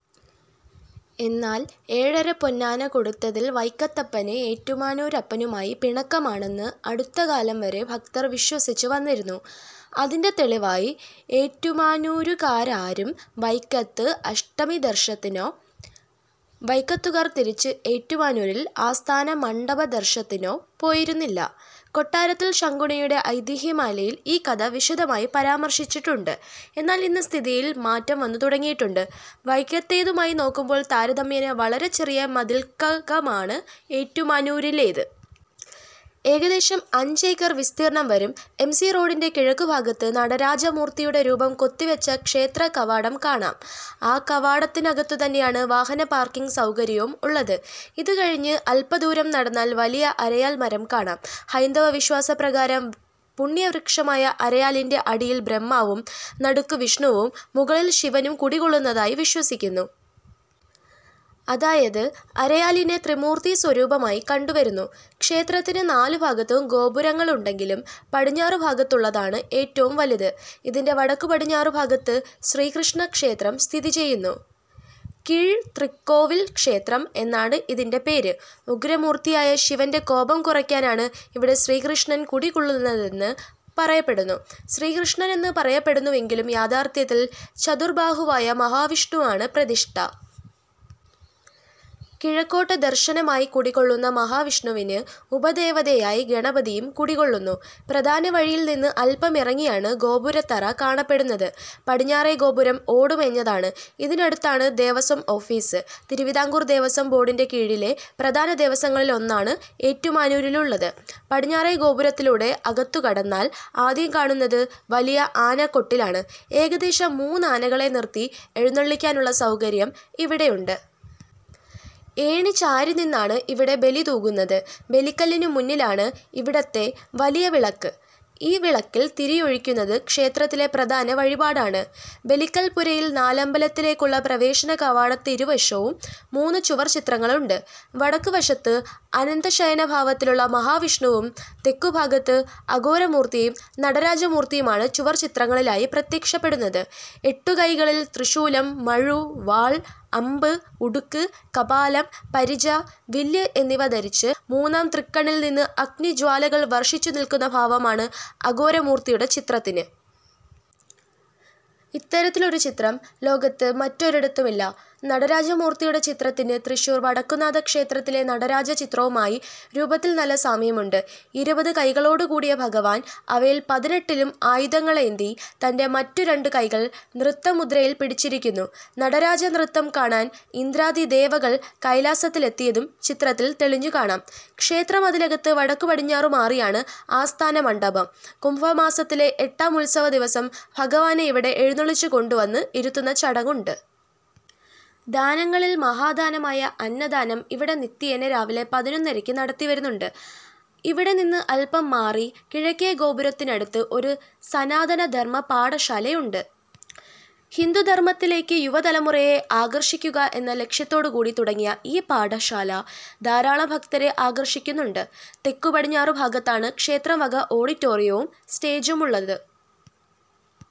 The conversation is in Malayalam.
എന്നാൽ, ഏഴരപ്പൊന്നാന കൊടുത്തതിൽ വൈക്കത്തപ്പന് ഏറ്റുമാനൂരപ്പനുമായി പിണക്കമാണെന്ന് അടുത്തകാലം വരെ ഭക്തർ വിശ്വസിച്ചുവന്നിരുന്നു. അതിന്റെ തെളിവായി ഏറ്റുമാനൂരുകാരാരും വൈക്കത്ത് അഷ്ടമിദർശത്തിനോ വൈക്കത്തുകാർ തിരിച്ച് ഏറ്റുമാനൂരിൽ ആസ്ഥാനമണ്ഡപദർശത്തിനോ പോയിരുന്നില്ല. കൊട്ടാരത്തിൽ ശങ്കുണ്ണിയുടെ ഐതിഹ്യമാലയിൽ ഈ കഥ വിശദമായി പരാമർശിച്ചിട്ടുണ്ട്. എന്നാൽ, ഇന്ന് സ്ഥിതിയിൽ മാറ്റം വന്നുതുടങ്ങിയിട്ടുണ്ട്. വൈക്കത്തേതുമായി നോക്കുമ്പോൾ താരതമ്യേന വളരെ ചെറിയ മതിൽക്കകമാണ് ഏറ്റുമാനൂരിലേത്. ഏകദേശം അഞ്ചേക്കർ വിസ്തീർണ്ണം വരും. എം. സി. റോഡിന്റെ കിഴക്കുഭാഗത്ത് നടരാജമൂർത്തിയുടെ രൂപം കൊത്തിവച്ച ക്ഷേത്രകവാടം കാണാം. ആ കവാടത്തിനകത്തുതന്നെയാണ് വാഹനപാർക്കിംഗ് സൗകര്യവും ഉള്ളത്. ഇതും കഴിഞ്ഞ് അല്പദൂരം നടന്നാൽ വലിയ അരയാൽമരം കാണാം. ഹൈന്ദവവിശ്വാസപ്രകാരം പുണ്യവൃക്ഷമായ അരയാലിന്റെ അടിയിൽബ്രഹ്മാവും നടുക്ക് വിഷ്ണുവും മുകളിൽ ശിവനും കുടികൊള്ളുന്നതായി വിശ്വസിക്കുന്നു. അതായത്, അരയാലിനെ ത്രിമൂർത്തീസ്വരൂപമായി കണ്ടുവരുന്നു. ക്ഷേത്രത്തിന് നാലുഭാഗത്തും ഗോപുരങ്ങളുണ്ടെങ്കിലും പടിഞ്ഞാറുഭാഗത്തുള്ളതാണ് ഏറ്റവും വലുതു്. ഇതിന്റെ വടക്കുപടിഞ്ഞാറുഭാഗത്ത് ശ്രീകൃഷ്ണക്ഷേത്രം സ്ഥിതിചെയ്യുന്നു. 'കീഴ്തൃക്കോവിൽ ക്ഷേത്രം' എന്നാണ് ഇതിന്റെ പേര്. ഉഗ്രമൂർത്തിയായ ശിവന്റെ കോപം കുറയ്ക്കാനാണ് ഇവിടെ ശ്രീകൃഷ്ണൻ കുടികൊള്ളുന്നതെന്ന് പറയപ്പെടുന്നു. ശ്രീകൃഷ്ണനെന്ന് പറയപ്പെടുന്നുവെങ്കിലും യഥാർത്ഥത്തിൽ ചതുർബാഹുവായ മഹാവിഷ്ണുവാണ് പ്രതിഷ്ഠ. കിഴക്കോട്ട് ദർശനമായി കുടികൊള്ളുന്ന മഹാവിഷ്ണുവിന് ഉപദേവതയായി ഗണപതിയും കുടികൊള്ളുന്നു. പ്രധാനവഴിയിൽ നിന്ന് അല്പമിറങ്ങിയാണ് ഗോപുരത്തറ കാണപ്പെടുന്നത്. പടിഞ്ഞാറേ ഗോപുരം ഓടുമേഞ്ഞതാണ്. ഇതിനടുത്താണ് ദേവസ്വം ഓഫീസ്. തിരുവിതാംകൂർ ദേവസ്വം ബോർഡിന്റെ കീഴിലെ പ്രധാന ദേവസ്വങ്ങളിലൊന്നാണ് ഏറ്റുമാനൂരിലുള്ളത്. പടിഞ്ഞാറേ ഗോപുരത്തിലൂടെ അകത്തുകടന്നാൽ ആദ്യം കാണുന്നത് വലിയ ആനക്കൊട്ടിലാണ്. ഏകദേശം മൂന്നാനകളെ നിർത്തി എഴുന്നള്ളിയ്ക്കാനുള്ള സൗകര്യം ഇവിടെയുണ്ട്. ഏണിചാരിനിന്നാണ് ഇവിടെ ബലിതൂകുന്നത്. ബലിക്കല്ലിനുമുന്നിലാണ് ഇവിടത്തെ 'വലിയ വിളക്ക്'. ഈ വിളക്കിൽ തിരിയൊഴിയ്ക്കുന്നത് ക്ഷേത്രത്തിലെ പ്രധാന വഴിപാടാണ്. ബലിക്കൽപ്പുരയിൽ നാലമ്പലത്തിലേയ്ക്കുള്ള പ്രവേശനകവാടത്തിരുവശവും മൂന്ന് ചുവർച്ചിത്രങ്ങളുണ്ട്. വടക്കുവശത്ത് അനന്തശയനഭാവത്തിലുള്ള മഹാവിഷ്ണുവും തെക്കുഭാഗത്ത് അഘോരമൂർത്തിയും നടരാജമൂർത്തിയുമാണ് ചുവർച്ചിത്രങ്ങളായി പ്രത്യക്ഷപ്പെടുന്നത്. എട്ടുകൈകളിൽ ത്രിശൂലം, മഴു, വാൾ, അമ്പ്, ഉടുക്ക്, കപാലം, പരിച, വില്ല് എന്നിവ ധരിച്ച് മൂന്നാം തൃക്കണ്ണിൽ നിന്ന് അഗ്നിജ്വാലകൾ വർഷിച്ചുനിൽക്കുന്ന ഭാവമാണ് അഘോരമൂർത്തിയുടെ ചിത്രത്തിന്. ഇത്തരത്തിലൊരു ചിത്രം ലോകത്ത് മറ്റൊരിടത്തുമില്ല. നടരാജമൂർത്തിയുടെ ചിത്രത്തിന് തൃശ്ശൂർ വടക്കുന്നാഥക്ഷേത്രത്തിലെ നടരാജചിത്രവുമായി രൂപത്തിൽ നല്ല സാദൃശ്യമുണ്ട്. ഇരുപതുകൈകളോടുകൂടിയ ഭഗവാൻ അവയിൽ പതിനെട്ടിലും ആയുധങ്ങളേന്തി തന്റെ മറ്റ് രണ്ടുകൈകൾ നൃത്തമുദ്രയിൽ പിടിച്ചിരിയ്ക്കുന്നു. നടരാജനൃത്തം കാണാൻ ഇന്ദ്രാദിദേവകൾ കൈലാസത്തിലെത്തിയതും ചിത്രത്തിൽ തെളിഞ്ഞുകാണാം. ക്ഷേത്രമതിലകത്ത് വടക്കുപടിഞ്ഞാറുമാറിയാണ് 'ആസ്ഥാനമണ്ഡപം'. കുംഭമാസത്തിലെ എട്ടാം ഉത്സവദിവസം ഭഗവാനെ ഇവിടെ എഴുന്നള്ളിച്ചുകൊണ്ടുവന്ന് ഇരുത്തുന്ന ചടങ്ങുണ്ട്. ദാനങ്ങളിൽ മഹാദാനമായ അന്നദാനം ഇവിടെ നിത്യേന രാവിലെ പതിനൊന്നരയ്ക്ക് നടത്തിവരുന്നുണ്ട്. ഇവിടെ നിന്ന് അല്പം മാറി കിഴക്കേ ഗോപുരത്തിനടുത്ത് ഒരു സനാതനധർമ്മ പാഠശാലയുണ്ട്. ഹിന്ദുധർമ്മത്തിലേയ്ക്ക് യുവതലമുറയെ ആകർഷിയ്ക്കുക എന്ന ലക്ഷ്യത്തോടുകൂടി തുടങ്ങിയ ഈ പാഠശാല ധാരാളം ഭക്തരെ ആകർഷിയ്ക്കുന്നുണ്ട്. തെക്കുപടിഞ്ഞാറുഭാഗത്താണ് ക്ഷേത്രം വക ഓഡിറ്റോറിയവും സ്റ്റേജുമുള്ളത്.